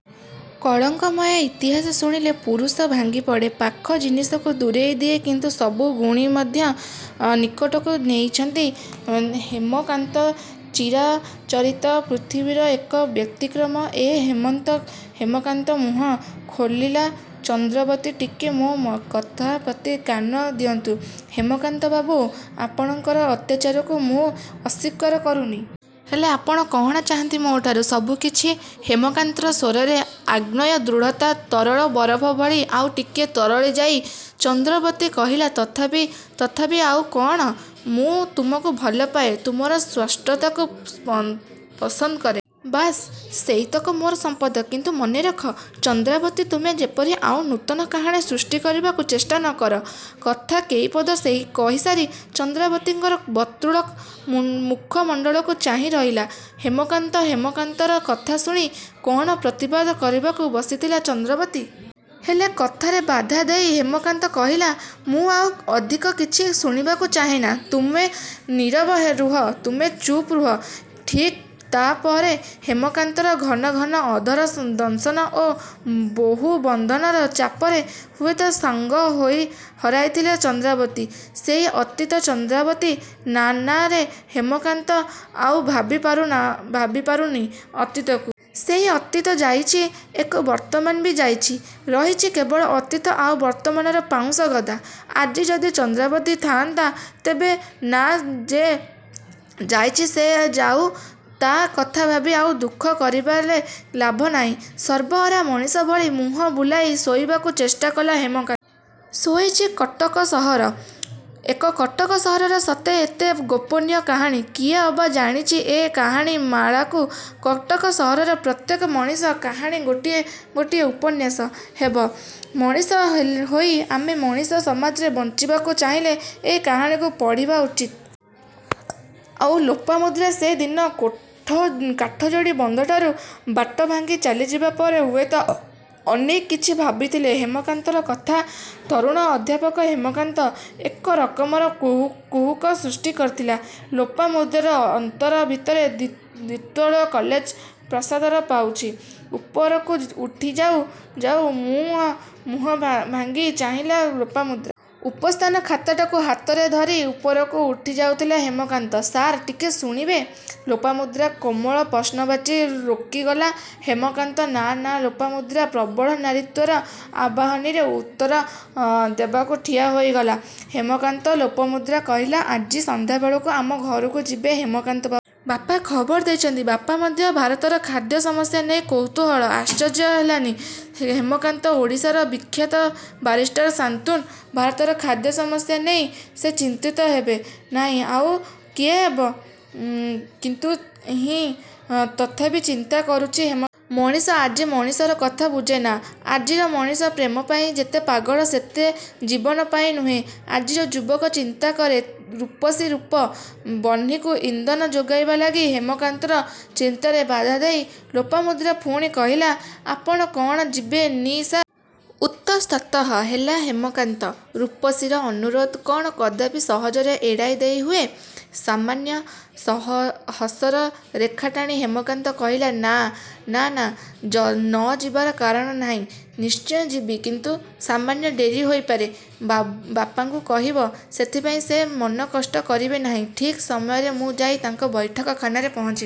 କଳଙ୍କମୟ ଇତିହାସ ଶୁଣିଲେ ପୁରୁଷ ଭାଙ୍ଗିପଡ଼େ। ପାଖ ଜିନିଷକୁ ଦୂରେଇ ଦିଏ କିନ୍ତୁ ସବୁ ଶୁଣି ମଧ୍ୟ ନିକଟକୁ ନେଇଛନ୍ତି ହେମକାନ୍ତ। ଚିରାଚରିତ ପୃଥିବୀର ଏକ ବ୍ୟତିକ୍ରମ ଏ ହେମକାନ୍ତ। ମୁହଁ ଖୋଲିଲା ଚନ୍ଦ୍ରାବତୀ''ଟିକେ ମୋ କଥା ପ୍ରତି କାନ ଦିଅନ୍ତୁ ହେମକାନ୍ତ ବାବୁ। ଆପଣଙ୍କ ଅତ୍ୟାଚାରକୁ ମୁଁ ଅସ୍ୱୀକାର କରୁନି। ହେଲେ ଆପଣ କଣ ଚାହାଁନ୍ତି ମୋ ଠାରୁ ସବୁକିଛି ହେମକାନ୍ତର ସ୍ୱରରେ ଆଗ୍ନେୟ ଦୃଢ଼ତା। ତରଳ ବରଫ ଭଳି ଆଉ ଟିକେ ତରଳି ଯାଇ ଚନ୍ଦ୍ରାବତୀ କହିଲା ତଥାପି ତଥାପି ଆଉ କଣ ମୁଁ ତୁମକୁ ଭଲ ପାଏ। ତୁମର ସ୍ପଷ୍ଟତାକୁ ସ୍ପ ପସନ୍ଦ କରେ। ବାସ୍ ସେଇତକ ମୋର ସମ୍ପଦ କିନ୍ତୁ ମନେରଖ ଚନ୍ଦ୍ରାବତୀ ତୁମେ ଯେପରି ଆଉ ନୂତନ କାହାଣୀ ସୃଷ୍ଟି କରିବାକୁ ଚେଷ୍ଟା ନ କର କଥା କେଇପଦ କହିସାରି ଚନ୍ଦ୍ରାବତୀର ବର୍ତ୍ତୁଳ ମୁଖ ମଣ୍ଡଳକୁ ଚାହିଁରହିଲା ହେମକାନ୍ତ। ହେମକାନ୍ତର କଥା ଶୁଣି କ'ଣ ପ୍ରତିବାଦ କରିବାକୁ ବସିଥିଲା ଚନ୍ଦ୍ରାବତୀ। ହେଲେ କଥାରେ ବାଧା ଦେଇ ହେମକାନ୍ତ କହିଲା ମୁଁ ଆଉ ଅଧିକ କିଛି ଶୁଣିବାକୁ ଚାହେଁନା ତୁମେ ନୀରବ ରୁହ, ତୁମେ ଚୁପ୍ ରୁହ। ଠିକ୍ ତାପରେ ହେମକାନ୍ତର ଘନ ଘନ ଅଧର ଦଂଶନ ଓ ବାହୁ ବନ୍ଧନର ଚାପରେ ହୁଏତ ସଜ୍ଞା ହରାଇଥିଲେ ଚନ୍ଦ୍ରାବତୀ ,ସେଇ ଅତୀତା ଚନ୍ଦ୍ରାବତୀ ନାଁ ନାଁ ହେମକାନ୍ତ ଆଉ ଭାବି ପାରୁନି ଅତୀତକୁ। ସେ ଅତୀତ ଯାଇଛି। ଏ ବର୍ତ୍ତମାନ ବି ଯାଇଛି। ରହିଛି କେବଳ ଅତୀତ ଆଉ ବର୍ତ୍ତମାନର ପାଉଁଶ ଗଦା। ଆଜି ଯଦି ଚନ୍ଦ୍ରାବତୀ ଥାଆନ୍ତା, ତେବେ। ନାଁ, ଯେ ଯାଇଛି ସେ ଯାଉ। ତା କଥା ଭାବି ଆଉ ଦୁଃଖ କରିବାରେ ଲାଭ ନାହିଁ। ସର୍ବହରା ମଣିଷ ଭଳି ମୁହଁ ବୁଲାଇ ଶୋଇବାକୁ ଚେଷ୍ଟାକଲା ହେମକାନ୍ତ। ଶୋଇଛି କଟକ ସହର। ଏ କଟକ ସହରର ସତେ ଏତେ ଗୋପନୀୟ କାହାଣୀ କିଏ ଅବା ଜାଣିଛି ଏ କାହାଣୀ ମାଳାକୁ। କଟକ ସହରର ପ୍ରତ୍ୟେକ ମଣିଷର କାହାଣୀ ଗୋଟିଏ ଗୋଟିଏ ଉପନ୍ୟାସ ହେବ। ମଣିଷ ହୋଇ ଆମେ ମଣିଷ ସମାଜରେ ବଞ୍ଚିବାକୁ ଚାହିଁଲେ ଏ କାହାଣୀକୁ ପଢ଼ିବା ଉଚିତ। ଆଉ ଲୋପାମୁଦ୍ରା ସେ ଦିନ କାଠଯୋଡ଼ି ବନ୍ଧଠାରୁ ବାଟଭାଙ୍ଗି ଚାଲିଯିବା ପରେ ହୁଏତ ଅନେକ କିଛି ଭାବିଥିଲା ହେମକାନ୍ତର କଥା। ତରୁଣ ଅଧ୍ୟାପକ ହେମକାନ୍ତ ଏକରକମ କୁହୁକ ସୃଷ୍ଟି କରିଥିଲା ଲୋପାମୁଦ୍ରାର ଅନ୍ତର ଭିତରେ। ଦ୍ୱିତଳ କଲେଜ ପ୍ରାସାଦର ପାଉଛ। ଉପରକୁ ଉଠି ଯାଉ ଯାଉ ମୁହଁ ଭାଙ୍ଗି ଚାହିଁଲା ଲୋପାମୁଦ୍ରା। ଉପସ୍ଥାନ ଖାତାଟାକୁ ହାତରେ ଧରି ଉପରକୁ ଉଠିଯାଥିଲା ହେମକାନ୍ତ। ସାର୍, ଟିକେ ଶୁଣିବେ ଲୋପାମୁଦ୍ରାର କୋମଳ ପ୍ରଶ୍ନବାଚୀ। ରୋକିଗଲା ହେମକାନ୍ତ, ନାଁ ନାଁ ଲୋପାମୁଦ୍ରାର ପ୍ରବଳ ନାରିତ୍ୱର ଆବାହନୀରେ ଉତ୍ତର ଦେବାକୁ ଠିଆ ହୋଇଗଲା ହେମକାନ୍ତ। ଲୋପାମୁଦ୍ରା କହିଲା ଆଜି ସନ୍ଧ୍ୟାବେଳକୁ ଆମ ଘରକୁ ଯିବେ ହେମକାନ୍ତ ବାବୁ। ବାପା ଖବର ଦେଇଛନ୍ତି। ବାପା ମଧ୍ୟ ଭାରତର ଖାଦ୍ୟ ସମସ୍ୟା ନେଇ କୌତୂହଳ। ଆଶ୍ଚର୍ଯ୍ୟ ହେଲାନି ହେମକାନ୍ତ। ଓଡ଼ିଶାର ବିଖ୍ୟାତ ବାରିଷ୍ଟର ଶାନ୍ତନୁ। ଭାରତର ଖାଦ୍ୟ ସମସ୍ୟା ନେଇ ସେ ଚିନ୍ତିତ ହେବେ ନାହିଁ ତ ଆଉ ହେବ କିଏ କିନ୍ତୁ ହଁ ତଥାପି ଚିନ୍ତା କରୁଛି ହେମକାନ୍ତ। ମଣିଷ ଆଜି ମଣିଷର କଥା ବୁଝେନା। ଆଜିର ମଣିଷ ପ୍ରେମପାଇଁ ଯେତେ ପାଗଳ ସେତେ ଜୀବନ ପାଇଁ ନୁହେଁ, ଆଜିର ଯୁବକ ଚିନ୍ତା କରେ ରୂପସୀ ରୂପ ବହ୍ନିକୁ ଇନ୍ଧନ ଯୋଗାଇବା ଲାଗି। ହେମକାନ୍ତର ଚିନ୍ତାରେ ବାଧାଦେଇ ଲୋପାମୁଦ୍ରା ପୁଣି କହିଲା ଆପଣ କଣ ଯିବେ ନି ସାର୍? ଉତସ୍ତତଃ ହେଲା ହେମକାନ୍ତ। ରୂପସୀର ଅନୁରୋଧ କଣ କଦାପି ସହଜରେ ଏଡ଼ାଇ ଦେଇ ହୁଏ? ସାମାନ୍ୟ ହସର ରେଖାଟାଣି ହେମକାନ୍ତ କହିଲା ନାଁ ନାଁ ନ ଯିବାର କାରଣ ନାହିଁ। ନିଶ୍ଚୟ ଯିବି କିନ୍ତୁ ସାମାନ୍ୟ ଡ଼େରି ହୋଇପାରେ। ବାପାଙ୍କୁ କହିବ ସେଥିପାଇଁ ସେ ମନ କଷ୍ଟ କରିବେ ନାହିଁ। ଠିକ୍ ସମୟରେ ମୁଁ ଯାଇ ତାଙ୍କ ବୈଠକ ଖାନାରେ ପହଞ୍ଚିବି।